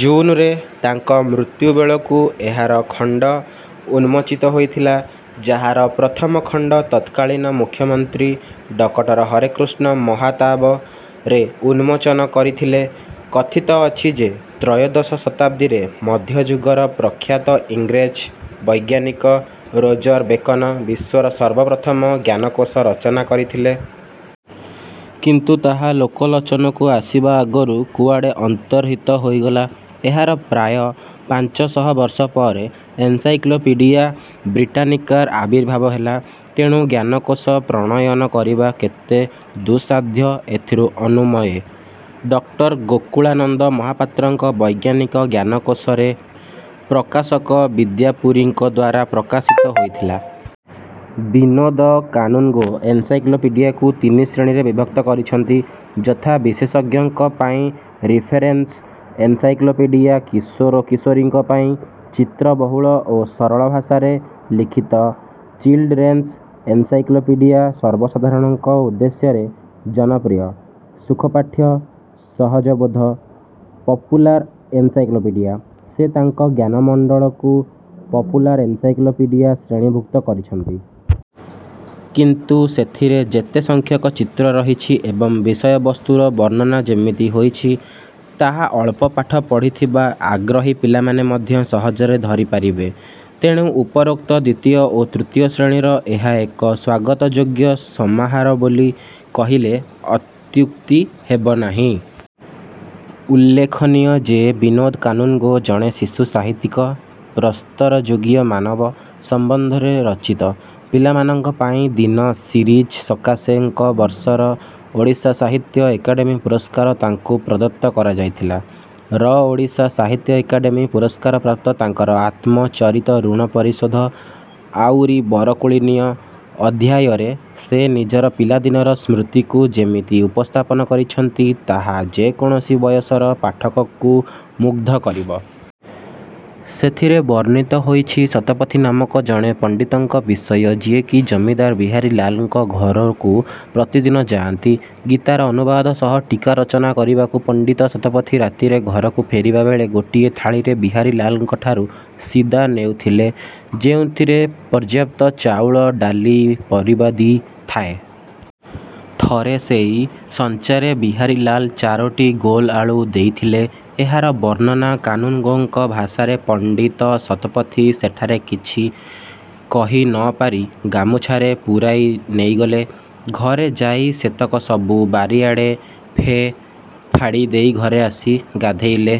ଜୁନ ରେ ତାଙ୍କ ମୃତ୍ୟୁବେଳକୁ ଏହାର ଖଣ୍ଡ ଉନ୍ମୋଚିତ ହୋଇଥିଲା, ଯାହାର ପ୍ରଥମ ଖଣ୍ଡ ତତ୍କାଳୀନ ମୁଖ୍ୟମନ୍ତ୍ରୀ ଡକଟର ହରେକୃଷ୍ଣ ମହାତାବ. ରେ ଉନ୍ମୋଚନ କରିଥିଲେ। କଥିତ ଅଛି ଯେ ତ୍ରୟୋଦଶ ଶତାବ୍ଦୀରେ ମଧ୍ୟଯୁଗର ପ୍ରଖ୍ୟାତ ଇଂରେଜ ବୈଜ୍ଞାନିକ ରୋଜର ବେକନ ବିଶ୍ୱର ସର୍ବ ପ୍ରଥମ ଜ୍ଞାନକୋଷ ରଚନା କରିଥିଲେ। କିନ୍ତୁ ତାହା ଲୋକଲୋଚନକୁ ଆସିବା ଆଗରୁ କୁଆଡେ଼ ଅନ୍ତର୍ହିତ ହୋଇଗଲା। ଏହାର ପ୍ରାୟ ପାଞ୍ଚ ଶହ ବର୍ଷ ପରେ ଏନସାଇକ୍ଲୋପିଡ଼ିଆ ବ୍ରିଟାନିକାର ଆବିର୍ଭାବ ହେଲା। ତେଣୁ ଜ୍ଞାନକୋଷ ପ୍ରଣୟନ କରିବା କେତେ ଦୁଃସାଧ୍ୟ -ଏଥିରୁ ଅନୁମୟେ। ଡକ୍ଟର ଗୋକୁଳାନନ୍ଦ ମହାପାତ୍ରଙ୍କ ବୈଜ୍ଞାନିକ ଜ୍ଞାନକୋଷ ରେ ପ୍ରକାଶକ ବିଦ୍ୟାପୁରୀ ଙ୍କଦ୍ୱାରା ପ୍ରକାଶିତ ହେଇଥିଲା। ବିନୋଦ କାନୁନଗୋ ଏନସାଇକ୍ଲୋପିଡ଼ିଆକୁ ତିନି ଶ୍ରେଣୀରେ ବିଭକ୍ତ କରିଛନ୍ତି। ଯଥା: ବିଶେଷଜ୍ଞଙ୍କ ପାଇଁ ରିଫେରେନସ ଏନସାଇକ୍ଲୋପିଡ଼ିଆ କିଶୋର କିଶୋରୀଙ୍କ ପାଇଁ ଚିତ୍ରବହୁଳ ଓ ସରଳ ଭାଷାରେ ଲିଖିତ ଚିଲ୍ଡରେନ୍ସ ଏନସାଇକ୍ଲୋପିଡ଼ିଆ ସର୍ବସାଧାରଣଙ୍କ ଉଦ୍ଦେଶ୍ୟରେ ଜନପ୍ରିୟ, ସୁଖପାଠ୍ୟ, ସହଜବୋଧ୍ୟ ପପୁଲାର ଏନସାକ୍ଲୋପିଡ଼ିଆ। ସେ ତାଙ୍କ ଜ୍ଞାନମଣ୍ଡଳକୁ "ପପୁଲାର ଏନସାଇକ୍ଲୋପିଡ଼ିଆ" ଶ୍ରେଣୀଭୁକ୍ତ କରିଛନ୍ତି। କିନ୍ତୁ ସେଥିରେ ଯେତେ ସଂଖ୍ୟକ ଚିତ୍ର ରହିଛି ଏବଂ ବିଷୟବସ୍ତୁର ବର୍ଣ୍ଣନା ଯେମିତି ହୋଇଛି, ତାହା ଅଳ୍ପ ପାଠ ପଢ଼ିଥିବା ଆଗ୍ରହୀ ପିଲାମାନେ ମଧ୍ୟ ସହଜରେ ଧରିପାରିବେ। ତେଣୁ ଉପରୋକ୍ତ ଦ୍ୱିତୀୟ ଓ ତୃତୀୟ ଶ୍ରେଣୀର ଏହା ଏକ ସ୍ୱାଗତଯୋଗ୍ୟ ସମାହାର ବୋଲି କହିଲେ ଅତ୍ୟୁକ୍ତି ହେବନାହିଁ। ଉଲ୍ଲେଖନୀୟ ଯେ ବିନୋଦ କାନୁନଗୋ ଜଣେ ଶିଶୁ ସାହିତ୍ୟିକ। ପ୍ରସ୍ତରଯୁଗୀୟ ମାନବ ସମ୍ବନ୍ଧରେ ରଚିତ "ପିଲାମାନଙ୍କ ପାଇଁ ଦିନ "ସିରିଜ ସକାଶେ ଙ୍କ ବର୍ଷର ଓଡ଼ିଶା ସାହିତ୍ୟ ଏକାଡେ଼ମୀ ପୁରସ୍କାର ତାଙ୍କୁ ପ୍ରଦତ୍ତ କରାଯାଇଥିଲା। ର ଓଡ଼ିଶା ସାହିତ୍ୟ ଏକାଡେ଼ମୀ ପୁରସ୍କାରପ୍ରାପ୍ତ ତାଙ୍କର ଆତ୍ମଚରିତ "ଋଣ ପରିଶୋଧ", "ଆଉରି ବରକୋଳି ନିଅ" ଅଧ୍ୟାୟରେ ସେ ନିଜର ପିଲାଦିନର ସ୍ମୃତିକୁ ଯେମିତି ଉପସ୍ଥାପନ କରିଛନ୍ତି, ତାହା ଯେ କୌଣସି ବୟସର ପାଠକକୁ ମୁଗ୍ଧ କରିବ। ସେଥିରେ ବର୍ଣ୍ଣିତ ହୋଇଛି ଶତପଥୀ ନାମକ ଜଣେ ପଣ୍ଡିତଙ୍କ ବିଷୟ, ଯିଏକି ଜମିଦାର ବିହାରୀଲାଲଙ୍କ ଘରକୁ ପ୍ରତିଦିନ ଯାଆନ୍ତି ଗୀତାର ଅନୁବାଦ ସହ ଟୀକା ରଚନା କରିବାକୁ। ପଣ୍ଡିତ ଶତପଥୀ ରାତିରେ ଘରକୁ ଫେରିବା ବେଳେ ଗୋଟିଏ ଥାଳିରେ ବିହାରୀଲାଲଙ୍କଠାରୁ ସିଦା ନେଉଥିଲେ, ଯେଉଁଥିରେ ପର୍ଯ୍ୟାପ୍ତ ଚାଉଳ, ଡାଲି, ପରିବାଦି ଥାଏ। ଥରେ ସେଇ ସଞ୍ଚାରେ ବିହାରୀଲାଲ ଚାରୋଟି ଗୋଲ ଆଳୁ ଦେଇଥିଲେ। ଏହାର ବର୍ଣ୍ଣନା କାନୁନଗୋଙ୍କ ଭାଷାରେ, "ପଣ୍ଡିତ ଶତପଥୀ" ସେଠାରେ କିଛି କହି ନ ପାରି ଗାମୁଚ୍ଛାରେ ପୂରାଇ ନେଇଗଲେ। ଘରେ ଯାଇ ସେତକ ସବୁ ବାରିଆଡେ଼ ଫେ। ପାଡ଼ି ଦେଇ ଘରେ ଆସି ଗାଧୋଇଲେ।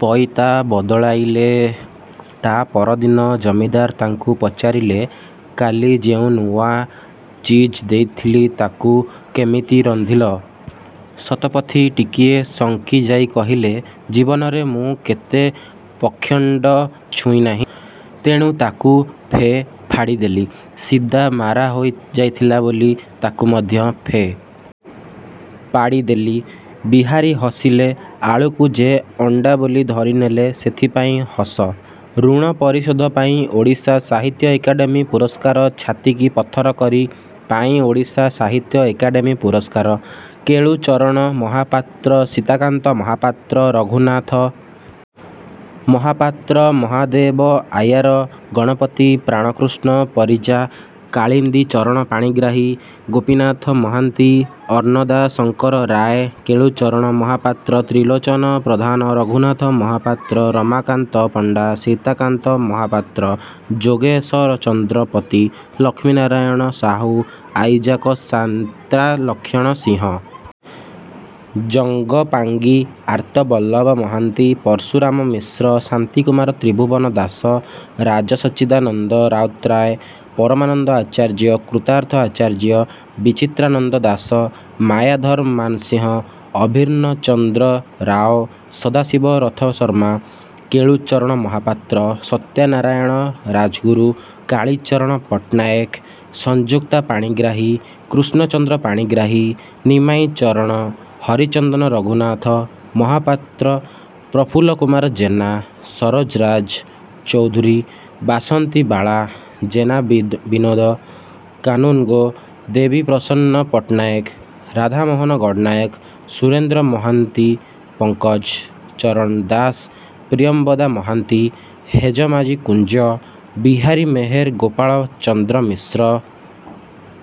ପଇତା ବଦଳାଇଲେ ତା' ପରଦିନ ଜମିଦାର ତାଙ୍କୁ ପଚାରିଲେ, "କାଲି ଯେଉଁ ନୂଆ ଚିଜ ଦେଇଥିଲି ତାକୁ କେମିତି ରନ୍ଧିଲ? " ଶତପଥୀ ଟିକିଏ ଶଙ୍କି ଯାଇ କହିଲେ, "ଜୀବନରେ ମୁଁ କେବେ ପକ୍ଷ୍ୟଣ୍ଡ ଛୁଇଁ ନାହିଁ। ତେଣୁ ତାକୁ ଫେ। ପାଡ଼ି ଦେଲି। ସିଦା ମାରା ହୋଇ ଯାଇଥିଲା ବୋଲି ତାକୁ ମଧ୍ୟ ଫେ। ପାଡ଼ି ଦେଲି। " ବିହାରୀ ହସିଲେ "ଆଳୁକୁ ଯେ ଅଣ୍ଡା ବୋଲି ଧରିନେଲେ ସେଥିପାଇଁ ହସ। " ଋଣ ପରିଶୋଧ ପାଇଁ ଓଡ଼ିଶା ସାହିତ୍ୟ ଏକାଡେମୀ ପୁରସ୍କାର ଛାତିକି ପଥର କରି ପାଇଁ ଓଡ଼ିଶା ସାହିତ୍ୟ ଏକାଡେମୀ ପୁରସ୍କାର, କେଳୁଚରଣ ମହାପାତ୍ର ସୀତାକାନ୍ତ ମହାପାତ୍ର ରଘୁନାଥ ମହାପାତ୍ର ମହାଦେବ ଆୟାର ଗଣପତି ପ୍ରାଣକୃଷ୍ଣ ପରିଜା କାଳିନ୍ଦୀ ଚରଣ ପାଣିଗ୍ରାହୀ ଗୋପୀନାଥ ମହାନ୍ତି ଅନ୍ନଦା ଶଙ୍କର ରାୟ କେଳୁଚରଣ ମହାପାତ୍ର ତ୍ରିଲୋଚନ ପ୍ରଧାନ ରଘୁନାଥ ମହାପାତ୍ର ରମାକାନ୍ତ ପଣ୍ଡା ସୀତାକାନ୍ତ ମହାପାତ୍ର ଯୋଗେଶ ଚନ୍ଦ୍ର ପତି ଲକ୍ଷ୍ମୀନାରାୟଣ ସାହୁ ଆଇଜାକ ସାନ୍ତ୍ରା ଲକ୍ଷ୍ମଣ ସିଂହ ଜଙ୍ଗପାଙ୍ଗି ଆର୍ତ୍ତବଲ୍ଲଭ ମହାନ୍ତି ପର୍ଶୁରାମ ମିଶ୍ର ଶାନ୍ତି କୁମାର ତ୍ରିଭୂବନଦାସ ରାଜ ସଚ୍ଚିଦାନନ୍ଦ ରାଉତରାୟ ପରମାନନ୍ଦ ଆଚାର୍ଯ୍ୟ କୃତାର୍ଥ ଆଚାର୍ଯ୍ୟ ବିଚିତ୍ରାନନ୍ଦ ଦାସ ମାୟାଧର ମାନସିଂହ ଅଭିନ୍ନ ଚନ୍ଦ୍ର ରାଓ ସଦାଶିବ ରଥଶର୍ମା କେଳୁଚରଣ ମହାପାତ୍ର ସତ୍ୟନାରାୟଣ ରାଜଗୁରୁ କାଳୀଚରଣ ପଟ୍ଟନାୟକ ସଂଯୁକ୍ତା ପାଣିଗ୍ରାହୀ କୃଷ୍ଣଚନ୍ଦ୍ର ପାଣିଗ୍ରାହୀ ନିମାଇଁ ଚରଣ ହରିଚନ୍ଦନ ରଘୁନାଥ ମହାପାତ୍ର ପ୍ରଫୁଲ୍ଲ କୁମାର ଜେନା ସରୋଜ ରାଜ ଚୌଧୁରୀ ବାସନ୍ତୀବାଳା ଜେନା ବିନୋଦ କାନୁନଗୋ ଦେବୀପ୍ରସନ୍ନ ପଟ୍ଟନାୟକ ରାଧାମୋହନ ଗଡ଼ନାୟକ ସୁରେନ୍ଦ୍ର ମହାନ୍ତି ପଙ୍କଜ ଚରଣ ଦାସ ପ୍ରିୟମ୍ବଦା ମହାନ୍ତି ହେଜମାଦି କୁଞ୍ଜ ବିହାରୀ ମେହେର ଗୋପାଳ ଚନ୍ଦ୍ର ମିତ୍ର।